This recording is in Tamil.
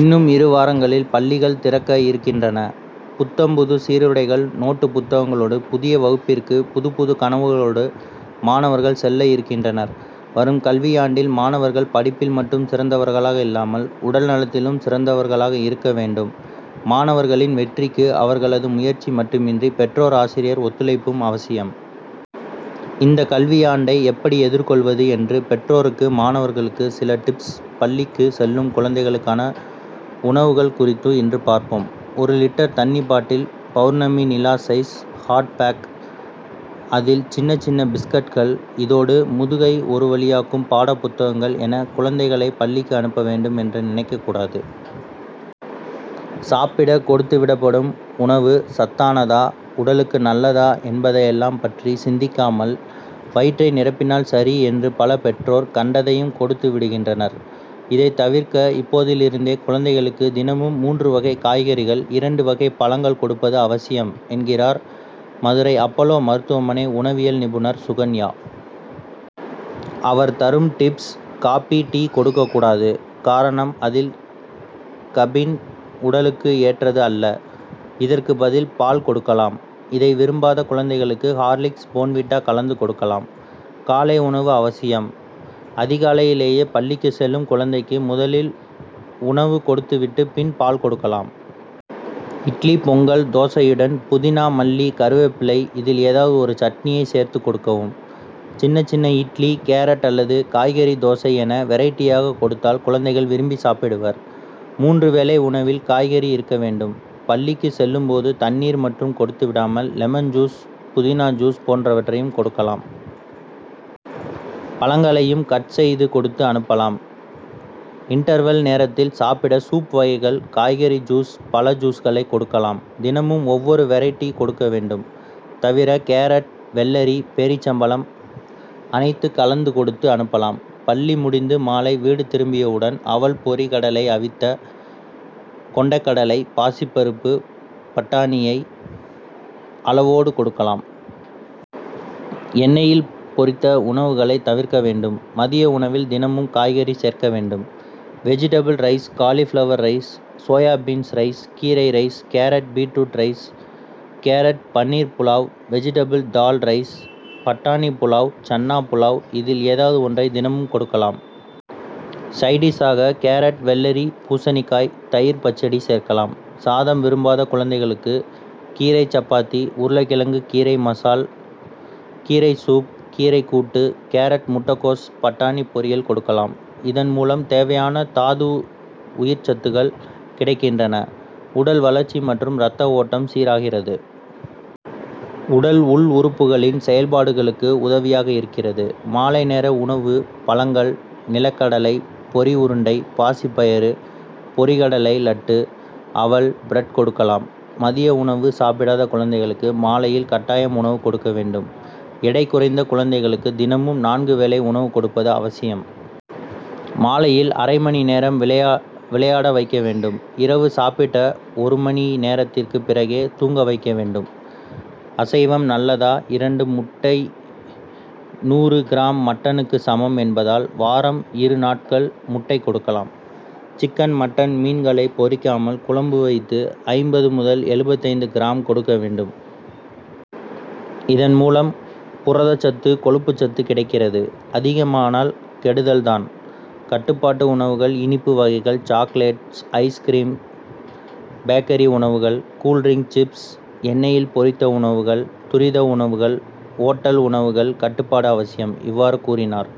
இன்னும் இரு வாரங்களில் பள்ளிகள் திறக்க இருக்கின்றன. புத்தும் புது சீருடைகள் நோட்டு புத்தகங்களோடு புதிய வகுப்பிற்கு புதுப்புது கனவுகளோடு மாணவர்கள் செல்ல இருக்கின்றனர். வரும் கல்வியாண்டில் மாணவர்கள் படிப்பில் மட்டும் சிறந்தவர்களாக இல்லாமல் உடல்நலத்திலும் சிறந்தவர்களாக இருக்க வேண்டும். மாணவர்களின் வெற்றிக்கு அவர்களது முயற்சி மட்டுமின்றி பெற்றோர் ஆசிரியர் ஒத்துழைப்பும் அவசியம். இந்த கல்வியாண்டை எப்படி எதிர்கொள்வது என்று பெற்றோருக்கு மாணவர்களுக்கு சில டிப்ஸ் பள்ளிக்கு செல்லும் குழந்தைகளுக்கான உணவுகள் குறித்து இன்று பார்ப்போம். ஒரு லிட்டர் தண்ணீர் பாட்டில் பவுர்ணமி நிலா சைஸ் ஹாட்பேக் அதில் சின்ன சின்ன பிஸ்கட்கள் இதோடு முதுகை ஒருவழியாக்கும் பாடப்புத்தகங்கள் என குழந்தைகளை பள்ளிக்கு அனுப்ப வேண்டும் என்று நினைக்க கூடாது. சாப்பிட கொடுத்துவிடப்படும் உணவு சத்தானதா உடலுக்கு நல்லதா என்பதையெல்லாம் பற்றி சிந்திக்காமல் வயிற்றை நிரப்பினால் சரி என்று பல பெற்றோர் கண்டதையும் கொடுத்து விடுகின்றனர். இதை தவிர்க்க இப்போதிலிருந்தே குழந்தைகளுக்கு தினமும் மூன்று வகை காய்கறிகள் இரண்டு வகை பழங்கள் கொடுப்பது அவசியம் என்கிறார் மதுரை அப்போலோ மருத்துவமனை உணவியல் நிபுணர் சுகன்யா. அவர் தரும் டிப்ஸ் காபி டீ கொடுக்கக்கூடாது. காரணம் அதில் கபின் உடலுக்கு ஏற்றது அல்ல. இதற்கு பதில் பால் கொடுக்கலாம். இதை விரும்பாத குழந்தைகளுக்கு ஹார்லிக்ஸ் போன்விட்டா கலந்து கொடுக்கலாம். காலை உணவு அவசியம். அதிகாலையிலேயே பள்ளிக்கு செல்லும் குழந்தைக்கு முதலில் உணவு கொடுத்துவிட்டு பின் பால் கொடுக்கலாம். இட்லி பொங்கல் தோசையுடன் புதினா மல்லி கறிவேப்பிலை இதில் ஏதாவது ஒரு சட்னியை சேர்த்துக் கொடுக்கவும். சின்ன சின்ன இட்லி கேரட் அல்லது காய்கறி தோசை என வெரைட்டியாக கொடுத்தால் குழந்தைகள் விரும்பி சாப்பிடுவர். மூன்று வேளை உணவில் காய்கறி இருக்க வேண்டும். பள்ளிக்கு செல்லும் போது தண்ணீர் மட்டும் கொடுத்துவிடாமல் லெமன் ஜூஸ் புதினா ஜூஸ் போன்றவற்றை கொடுக்கலாம். பழங்களையும் கட் செய்து கொடுத்து அனுப்பலாம். இன்டர்வெல் நேரத்தில் சாப்பிட சூப் வகைகள் காய்கறி ஜூஸ் பழ ஜூஸ்களை கொடுக்கலாம். தினமும் ஒவ்வொரு வெரைட்டி கொடுக்க வேண்டும். தவிர கேரட் வெள்ளரி பேரீச்சம் பழம் அனைத்து கலந்து கொடுத்து அனுப்பலாம். பள்ளி முடிந்து மாலை வீடு திரும்பியவுடன் அவல் பொரி கடலை அவித்த கொண்டைக்கடலை பாசிப்பயறு பட்டாணியை அளவோடு கொடுக்கலாம். எண்ணெய்யில் பொரித்த உணவுகளை தவிர்க்க வேண்டும். மதிய உணவில் தினமும் காய்கறி சேர்க்க வேண்டும். Vegetable rice cauliflower rice soybeans rice கீரை rice carrot beetroot rice carrot paneer pulao vegetable dal rice பட்டாணி புலாவ் சன்னா புலாவ் இதில் ஏதாவது ஒன்றை தினமும் கொடுக்கலாம். சைடு டிஷ் ஆக கேரட் வெள்ளரி பூசணிக்காய் தயிர் பச்சடி சேர்க்கலாம். சாதம் விரும்பாத குழந்தைகளுக்கு கீரை சப்பாத்தி உருளைகிழங்கு கீரை மசால் கீரை சூப் கீரை கூட்டு கேரட் முட்டைகோஸ் பட்டாணி பொரியல் கொடுக்கலாம். இதன்மூலம் தேவையான தாது உயிர்ச்சத்துகள் கிடைக்கின்றன. உடல் வளர்ச்சி மற்றும் ரத்த ஓட்டம் சீராகிறது. உடல் உள் உறுப்புகளின் செயல்பாடுகளுக்கு உதவியாக இருக்கிறது. மாலை நேர உணவு பழங்கள் நிலக்கடலை பொரி உருண்டை பாசி பருப்பு பொரி கடலை லட்டு அவல் பிரட் கொடுக்கலாம். மதிய உணவு சாப்பிடாத குழந்தைகளுக்கு மாலையில் கட்டாயம் உணவு கொடுக்க வேண்டும். எடை குறைந்த குழந்தைகளுக்கு தினமும் நான்கு வேளை உணவு கொடுப்பது அவசியம். மாலையில் அரைமணி நேரம் விளையாட வைக்க வேண்டும். இரவு சாப்பிட்ட ஒரு மணி நேரத்திற்கு பிறகே தூங்க வேண்டும். அசைவம் நல்லதா இரண்டு முட்டை நூறு கிராம் மட்டனுக்கு சமம் என்பதால் வாரம் இரு நாட்கள் முட்டை கொடுக்கலாம். சிக்கன் மட்டன் மீன்களை பொறிக்காமல் குழம்பு வைத்து ஐம்பது முதல் எழுபத்தைந்து கிராம் கொடுக்க வேண்டும். இதன்மூலம் புரதச்சத்து கொழுப்புச் சத்து கிடைக்கிறது. அதிகமானால் கெடுதல்தான். கட்டுப்பாட்டு உணவுகள் இனிப்பு வகைகள் சாக்லேட்ஸ் ஐஸ்கிரீம்ஸ் பேக்கரி உணவுகள் கூல்டிரிங்ஸ் சிப்ஸ் எண்ணெய்யில் பொரித்த உணவுகள் துரித உணவுகள் ஓட்டல் உணவுகளில் கட்டுப்பாடு அவசியம். இவ்வாறு கூறினார்.